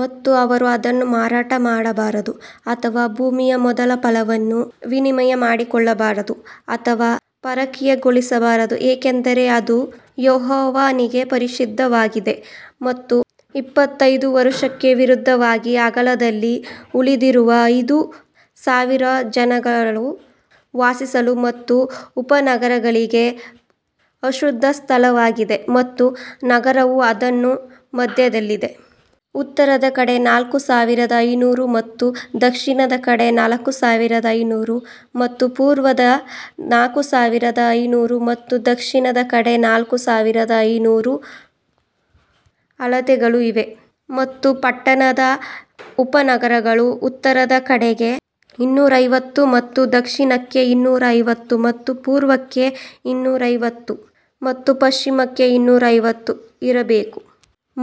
ಮತ್ತು ಅವರು ಅದನ್ನು ಮಾರಾಟ ಮಾಡಬಾರದು ಅಥವಾ ಭೂಮಿಯ ಮೊದಲ ಫಲವನ್ನು ವಿನಿಮಯ ಮಾಡಿಕೊಳ್ಳಬಾರದು ಅಥವಾ ಪರಕೀಯಗೊಳಿಸಬಾರದು ಏಕೆಂದರೆ ಅದು ಯೆಹೋವನಿಗೆ ಪರಿಶುದ್ಧವಾಗಿದೆ. ಮತ್ತು ಇಪ್ಪತ್ತೈದು ಸಾವಿರಕ್ಕೆ ವಿರುದ್ಧವಾಗಿ ಅಗಲದಲ್ಲಿ ಉಳಿದಿರುವ ಐದು ಸಾವಿರವು ಜನರು ವಾಸಿಸಲು ಮತ್ತು ಉಪನಗರಗಳಿಗೆ ಅಶುದ್ಧ ಸ್ಥಳವಾಗಿದೆ ಮತ್ತು ನಗರವು ಅದರ ಮಧ್ಯದಲ್ಲಿದೆ. ಉತ್ತರದ ಕಡೆ ನಾಲ್ಕು ಸಾವಿರದ ಐನೂರು ಮತ್ತು ದಕ್ಷಿಣದ ಕಡೆ ನಾಲ್ಕು ಸಾವಿರದ ಐನೂರು ಮತ್ತು ಪೂರ್ವದಲ್ಲಿ ನಾಲ್ಕು ಸಾವಿರದ ಐನೂರು ಮತ್ತು ಪಶ್ಚಿಮದ ಕಡೆ ನಾಲ್ಕು ಸಾವಿರದ ಐನೂರು ಅಳತೆಗಳು ಇವೇ. ಮತ್ತು ಪಟ್ಟಣದ ಉಪನಗರಗಳು ಉತ್ತರದ ಕಡೆಗೆ ಇನ್ನೂರೈವತ್ತು ಮತ್ತು ದಕ್ಷಿಣಕ್ಕೆ ಇನ್ನೂರೈವತ್ತು ಮತ್ತು ಪೂರ್ವಕ್ಕೆ ಇನ್ನೂರೈವತ್ತು ಮತ್ತು ಪಶ್ಚಿಮಕ್ಕೆ ಇನ್ನೂರೈವತ್ತು ಇರಬೇಕು.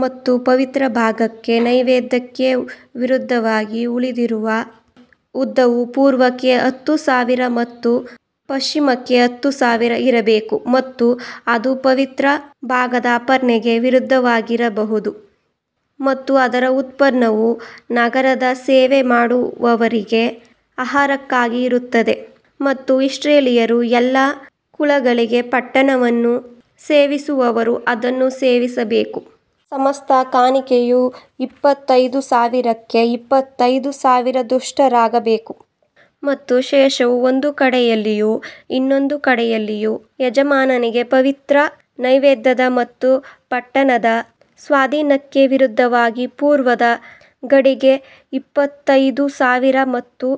ಮತ್ತು ಪವಿತ್ರ ಭಾಗದ ನೈವೇದ್ಯಕ್ಕೆ ವಿರುದ್ಧವಾಗಿ ಉಳಿದಿರುವ ಉದ್ದವು ಪೂರ್ವಕ್ಕೆ ಹತ್ತು ಸಾವಿರ ಮತ್ತು ಪಶ್ಚಿಮಕ್ಕೆ ಹತ್ತು ಸಾವಿರ ಇರಬೇಕು ಮತ್ತು ಅದು ಪವಿತ್ರ ಭಾಗದ ಅರ್ಪಣೆಗೆ ವಿರುದ್ಧವಾಗಿರುತ್ತದೆ ಮತ್ತು ಅದರ ಉತ್ಪನ್ನವು ನಗರದ ಸೇವೆ ಮಾಡುವವರಿಗೆ ಆಹಾರಕ್ಕಾಗಿ ಇರುತ್ತದೆ. ಮತ್ತು ಇಸ್ರಾಯೇಲ್ಯರ ಎಲ್ಲಾ ಕುಲಗಳಲ್ಲಿ ಪಟ್ಟಣವನ್ನು ಸೇವಿಸುವವರು ಅದನ್ನು ಸೇವಿಸಬೇಕು. ಸಮಸ್ತ ಕಾಣಿಕೆಯು ಇಪ್ಪತ್ತೈದು ಸಾವಿರಕ್ಕೆ ಇಪ್ಪತ್ತೈದು ಸಾವಿರದಷ್ಟಿರಬೇಕು. ಮತ್ತು ಶೇಷವು ಒಂದು ಕಡೆಯಲ್ಲಿಯೂ ಇನ್ನೊಂದು ಕಡೆಯಲ್ಲಿಯೂ ಯಜಮಾನನಿಗೆ ಪವಿತ್ರ ನೈವೇದ್ಯದ ಮತ್ತು ಪಟ್ಟಣದ ಸ್ವಾಧೀನಕ್ಕೆ ವಿರುದ್ಧವಾಗಿ ಪೂರ್ವದ ಗಡಿಗೆ ಇಪ್ಪತ್ತೈದು ಸಾವಿರ ಮತ್ತು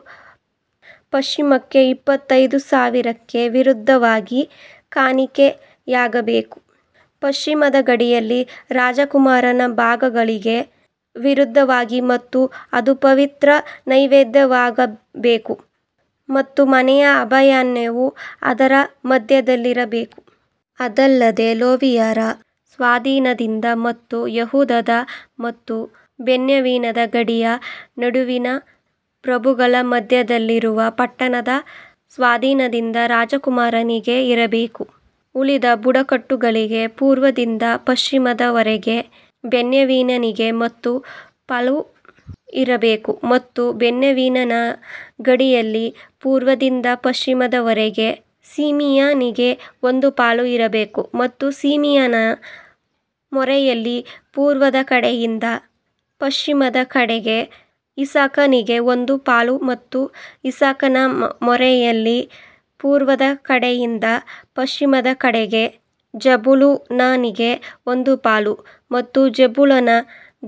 ಪಶ್ಚಿಮಕ್ಕೆ ಇಪ್ಪತ್ತೈದು ಸಾವಿರಕ್ಕೆ ವಿರುದ್ಧವಾಗಿ ಕಾಣಿಕೆಯಾಗಬೇಕು. ಪಶ್ಚಿಮದ ಗಡಿಯಲ್ಲಿ ರಾಜಕುಮಾರನ ಭಾಗಗಳಿಗೆ ವಿರುದ್ಧವಾಗಿ ಮತ್ತು ಅದು ಪವಿತ್ರ ನೈವೇದ್ಯವಾಗಿರಬೇಕು ಮತ್ತು ಮನೆಯ ಅಭಯಾರಣ್ಯವು ಅದರ ಮಧ್ಯದಲ್ಲಿರಬೇಕು. ಇದಲ್ಲದೆ ಲೇವಿಯರ ಸ್ವಾಧೀನದಿಂದ ಮತ್ತು ಯೆಹೂದದ ಮತ್ತು ಬೆನ್ಯಾಮೀನನ ಗಡಿಯ ನಡುವಿನ ಪ್ರಭುಗಳ ಮಧ್ಯದಲ್ಲಿರುವ ಪಟ್ಟಣದ ಸ್ವಾಧೀನದಿಂದ ರಾಜಕುಮಾರನಿಗೆ ಇರಬೇಕು. ಉಳಿದ ಬುಡಕಟ್ಟುಗಳಿಗೆ ಪೂರ್ವದಿಂದ ಪಶ್ಚಿಮದವರೆಗೆ ಬೆನ್ಯಾಮೀನನಿಗೆ ಒಂದು ಪಾಲು ಇರಬೇಕು. ಮತ್ತು ಬೆನ್ಯಾಮೀನನ ಗಡಿಯಲ್ಲಿ ಪೂರ್ವದಿಂದ ಪಶ್ಚಿಮದವರೆಗೆ ಸಿಮೆಯೋನನಿಗೆ ಒಂದು ಪಾಲು ಇರಬೇಕು ಮತ್ತು ಸಿಮೆಯೋನನ ಮೇರೆಯಲ್ಲಿ ಪೂರ್ವದ ಕಡೆಯಿಂದ ಪಶ್ಚಿಮದ ಕಡೆಗೆ ಇಸ್ಸಾಕಾರನಿಗೆ ಒಂದು ಪಾಲು ಮತ್ತು ಇಸ್ಸಾಕಾರನ ಮೇರೆಯಲ್ಲಿ ಪೂರ್ವದ ಕಡೆಯಿಂದ ಪಶ್ಚಿಮದ ಕಡೆಗೆ ಜೆಬುಲೂನನಿಗೆ ಒಂದು ಪಾಲು ಮತ್ತು ಜೆಬುಲೂನನ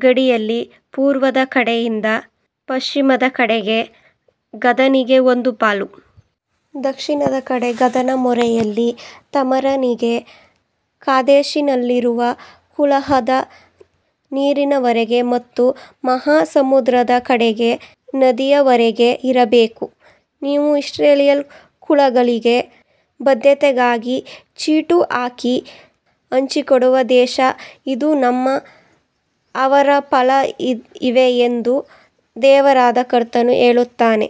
ಗಡಿಯಲ್ಲಿ ಪೂರ್ವದ ಕಡೆಯಿಂದ ಪಶ್ಚಿಮದ ಕಡೆಗೆ ಗಾದನಿಗೆ ಒಂದು ಪಾಲು. ದಕ್ಷಿಣದ ಕಡೆ ಗಾದನ ಮೇರೆಯಲ್ಲಿ ತಾಮಾರಿನಿಂದ ಕಾದೇಶಿನಲ್ಲಿರುವ ಕಲಹದ ನೀರಿನವರೆಗೆ ಮತ್ತು ಮಹಾಸಮುದ್ರದ ಕಡೆಗೆ ನದಿಯವರೆಗೆ ಇರಬೇಕು. ನೀವು ಇಸ್ರಾಯೇಲ್ ಕುಲಗಳಿಗೆ ಬಾಧ್ಯತೆಗಾಗಿ ಚೀಟು ಹಾಕಿ ಹಂಚಿಕೊಡುವ ದೇಶ ಇದು ಮತ್ತು ಅವರ ಪಾಲು ಇವೇ ಎಂದು ದೇವರಾದ ಕರ್ತನು ಹೇಳುತ್ತಾನೆ.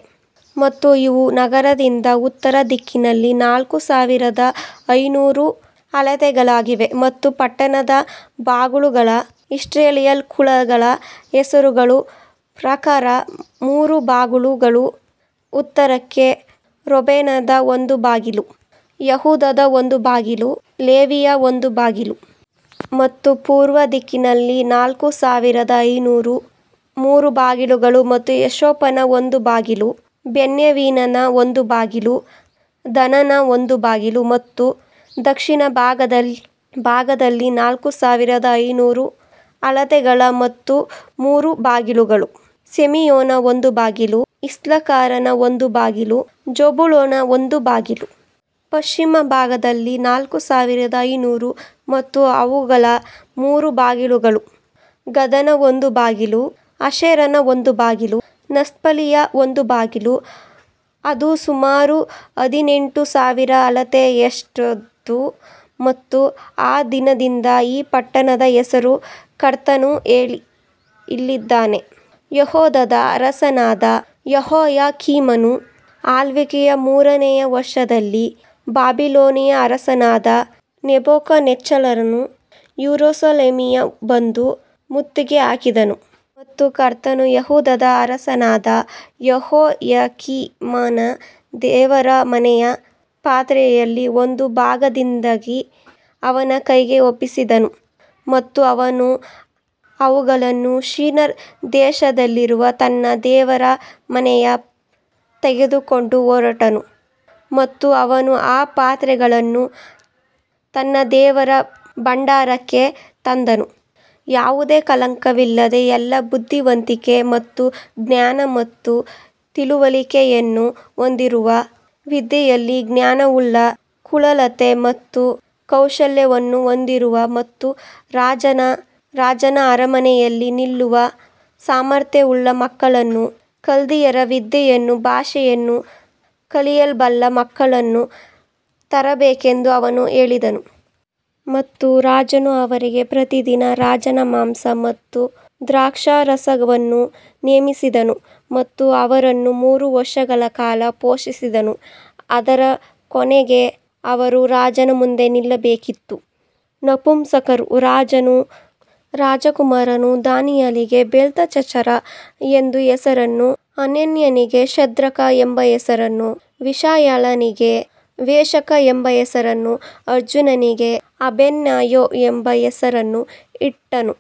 ಮತ್ತು ಇವು ನಗರದಿಂದ ಉತ್ತರ ದಿಕ್ಕಿನಲ್ಲಿ ನಾಲ್ಕು ಸಾವಿರದ ಐನೂರು ಅಳತೆಗಳಾಗಿವೆ ಮತ್ತು ಪಟ್ಟಣದ ಬಾಗಿಲುಗಳು ಇಸ್ರಾಯೇಲ್ ಕುಲಗಳ ಹೆಸರುಗಳ ಪ್ರಕಾರ ಮೂರು ಬಾಗಿಲುಗಳು ಉತ್ತರಕ್ಕೆ, ರೂಬೇನನ ಒಂದು ಬಾಗಿಲು, ಯೆಹೂದದ ಒಂದು ಬಾಗಿಲು, ಲೇವಿಯ ಒಂದು ಬಾಗಿಲು. ಮತ್ತು ಪೂರ್ವ ದಿಕ್ಕಿನಲ್ಲಿ ನಾಲ್ಕು ಸಾವಿರದ ಐನೂರು, ಮೂರು ಬಾಗಿಲುಗಳು ಮತ್ತು ಯೋಸೇಫನ ಒಂದು ಬಾಗಿಲು, ಬೆನ್ಯಾಮೀನನ ಒಂದು ಬಾಗಿಲು, ದಾನನ ಒಂದು ಬಾಗಿಲು. ಮತ್ತು ದಕ್ಷಿಣ ಭಾಗದಲ್ಲಿ ನಾಲ್ಕು ಸಾವಿರದ ಐನೂರು ಅಳತೆಗಳು ಮತ್ತು ಮೂರು ಬಾಗಿಲುಗಳು, ಸಿಮೆಯೋನನ ಒಂದು ಬಾಗಿಲು, ಇಸ್ಸಾಕಾರನ ಒಂದು ಬಾಗಿಲು, ಜೆಬುಲೂನನ ಒಂದು ಬಾಗಿಲು. ಪಶ್ಚಿಮ ಭಾಗದಲ್ಲಿ ನಾಲ್ಕು ಸಾವಿರದ ಐನೂರು ಮತ್ತು ಅವುಗಳ ಮೂರು ಬಾಗಿಲುಗಳು, ಗಾದನ ಒಂದು ಬಾಗಿಲು, ಆಶೇರನ ಒಂದು ಬಾಗಿಲು, ನಫ್ತಾಲಿಯ ಒಂದು ಬಾಗಿಲು. ಅದು ಸುಮಾರು ಹದಿನೆಂಟು ಸಾವಿರ ಅಳತೆಯಷ್ಟಿತ್ತು ಮತ್ತು ಆ ದಿನದಿಂದ ಆ ಪಟ್ಟಣದ ಹೆಸರು ಕರ್ತನು ಅಲ್ಲಿದ್ದಾನೆ. ಯೆಹೂದದ ಅರಸನಾದ ಯೆಹೋಯಾಕೀಮನ ಆಳ್ವಿಕೆಯ ಮೂರನೆಯ ವರ್ಷದಲ್ಲಿ ಬಾಬಿಲೋನಿನ ಅರಸನಾದ ನೆಬೂಕದ್ನೆಚ್ಚರನು ಯೆರೂಸಲೇಮಿಗೆ ಬಂದು ಮುತ್ತಿಗೆ ಹಾಕಿದನು. ಮತ್ತು ಕರ್ತನು ಯೆಹೂದದ ಅರಸನಾದ ಯೆಹೋಯಾಕೀಮನನ್ನು ದೇವರ ಮನೆಯ ಪಾತ್ರೆಗಳಲ್ಲಿ ಒಂದು ಭಾಗದೊಂದಿಗೆ ಅವನ ಕೈಗೆ ಒಪ್ಪಿಸಿದನು. ಅವನು ಅವುಗಳನ್ನು ಶಿನಾರ್ ದೇಶದಲ್ಲಿರುವ ತನ್ನ ದೇವರ ಮನೆಗೆ ತೆಗೆದುಕೊಂಡು ಹೋದನು ಮತ್ತು ಅವನು ಆ ಪಾತ್ರೆಗಳನ್ನು ತನ್ನ ದೇವರ ಭಂಡಾರಕ್ಕೆ ತಂದನು. ಯಾವುದೇ ಕಳಂಕವಿಲ್ಲದ, ಎಲ್ಲಾ ಬುದ್ಧಿವಂತಿಕೆ ಮತ್ತು ಜ್ಞಾನ ಮತ್ತು ತಿಳುವಳಿಕೆಯನ್ನು ಹೊಂದಿರುವ, ವಿದ್ಯೆಯಲ್ಲಿ ಜ್ಞಾನವುಳ್ಳ, ಕುಶಲತೆ ಮತ್ತು ಕೌಶಲ್ಯವನ್ನು ಹೊಂದಿರುವ ಮತ್ತು ರಾಜನ ಅರಮನೆಯಲ್ಲಿ ನಿಲ್ಲುವ ಸಾಮರ್ಥ್ಯವುಳ್ಳ ಮಕ್ಕಳನ್ನು, ಕಸ್ದೀಯರ ವಿದ್ಯೆಯನ್ನೂ ಭಾಷೆಯನ್ನೂ ಕಲಿಯಬಲ್ಲ ಮಕ್ಕಳನ್ನು ತರಬೇಕೆಂದು ಅವನು ಹೇಳಿದನು. ಮತ್ತು ರಾಜನು ಅವರಿಗೆ ಪ್ರತಿದಿನ ರಾಜನ ಮಾಂಸ ಮತ್ತು ದ್ರಾಕ್ಷಾರಸವನ್ನು ನೇಮಿಸಿದನು ಮತ್ತು ಅವರನ್ನು ಮೂರು ವರ್ಷಗಳ ಕಾಲ ಪೋಷಿಸಿದನು, ಅದರ ಕೊನೆಯಲ್ಲಿ ಅವರು ರಾಜನ ಮುಂದೆ ನಿಲ್ಲಬೇಕಾಗಿತ್ತು. ನಪುಂಸಕರ ರಾಜಕುಮಾರನು ದಾನಿಯೇಲನಿಗೆ ಬೆಲ್ತೆಶಚ್ಚರ ಎಂಬ ಹೆಸರನ್ನೂ, ಹನನ್ಯನಿಗೆ ಶದ್ರಕ ಎಂಬ ಹೆಸರನ್ನೂ, ಮಿಶಾಯೇಲನಿಗೆ ಮೇಷಕ ಎಂಬ ಹೆಸರನ್ನೂ, ಅಜರ್ಯನಿಗೆ ಅಬೇದ್ನೆಗೋ ಎಂಬ ಹೆಸರನ್ನೂ ಕೊಟ್ಟನು.